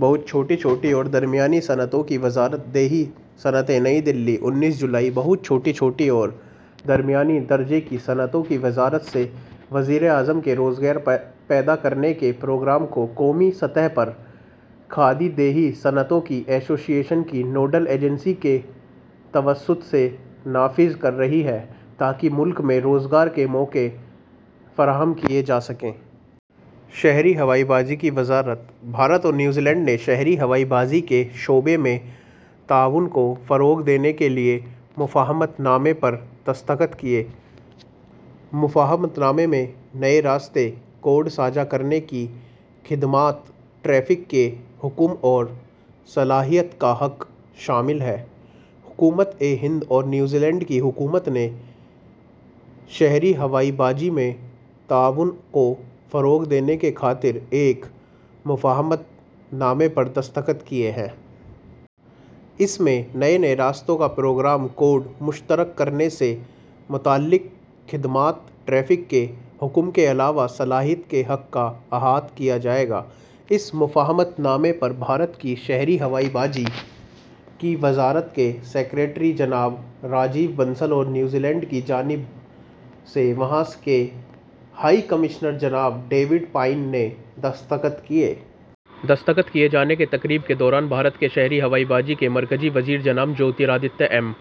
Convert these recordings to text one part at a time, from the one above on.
بہت چھوٹی، چھوٹی اور درمیانی صنعتوں کی وزارت زرعی / دیہی صنعتیں نئی دہلی، انتیس جولائی: بہت چھوٹی، چھوٹی اور درمیانے درجے کی صنعتوں کی وزارت سے وزیر اعظم کے روزگار پیدا کرنے کے پروگرام کو قومی سطح پر کھادی دیہی صنعتوں کی ایسوسی ایشن کی نوڈل ایجنسی کے توسط سے نافذ کر رہی ہے تاکہ ملک میں روزگار کے مواقع فراہم کیے جا سکیں۔ شہری ہوابازی کی وزارت بھارت اور نیو زیلینڈ نے شہری ہوا بازی کے شعبے میں تعاون کو فروغ دینے کے لیے مفاہمت نامے پر دستخط کیے مفاہمت نامے میں نئے راستے، کوڈ ساجھا کرنے کی خدمات، ٹریفک کے حقوق اور صلاحیت کا حق شامل ہے حکومت ہند اور نیوزی لینڈ کی حکومت نے شہری ہوا بازی میں تعاون کو فروغ دینے کی خاطر ایک مفاہمت نامے پر دستخط کیے ہیں۔ اس میں نئے راستوں کا پروگرام، کوڈ مشترک کرنے سے متعلق خدمات، ٹریفک کے حقوق کے علاوہ صلاحیت کے حق کا احاطہ کیا جائے گا۔ اس مفاہمت نامے پر بھارت کی شہری ہوابازی کی وزارت کے سکریٹری جناب راجیو بنسل اور نیوزی لینڈ کی جانب سے، وہاں کے ہائی کمشنر جناب ڈیوڈ پائن نے دستخط کیے۔ دستخط کیے جانے کی تقریب کے دوران، بھارت کے شہری ہوابازی کے مرکزی وزیر جناب جیوترادتیہ ایم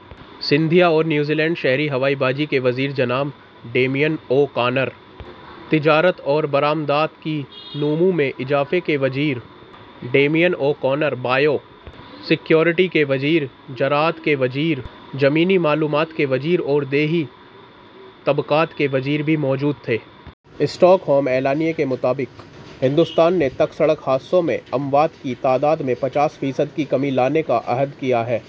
سندھیا اور نیو زیلینڈ شہری ہوابازی کے وزیر جناب ڈیمین او کونر، تجارت اور برآمدات کی نمو میں اضافے کے وزیر، ڈیمین اوکونر، بایو سکیورٹی کے وزیر، زراعت کے وزیر، زمینی معلومات کے وزیر اور دیہی طبقوں کے وزیر بھی موجود تھے۔ اسٹاک ہوم اعلانیئے کے مطابق ہندوستان نے تک سڑک حادثوں میں اموات کی تعداد میں پچاس فیصد کی کمی لانے کا عہد کیا ہے۔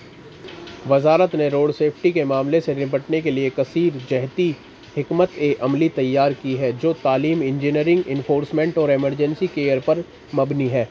وزارت نے روڈ سیفٹی کے معاملے سے نمٹنے کے لئے کثیر جہتی حکمت عملی تیار کی ہے، جو تعلیم، انجینئرنگ، انفورسمنٹ اور ایمرجنسی کیئر پر مبنی ہے۔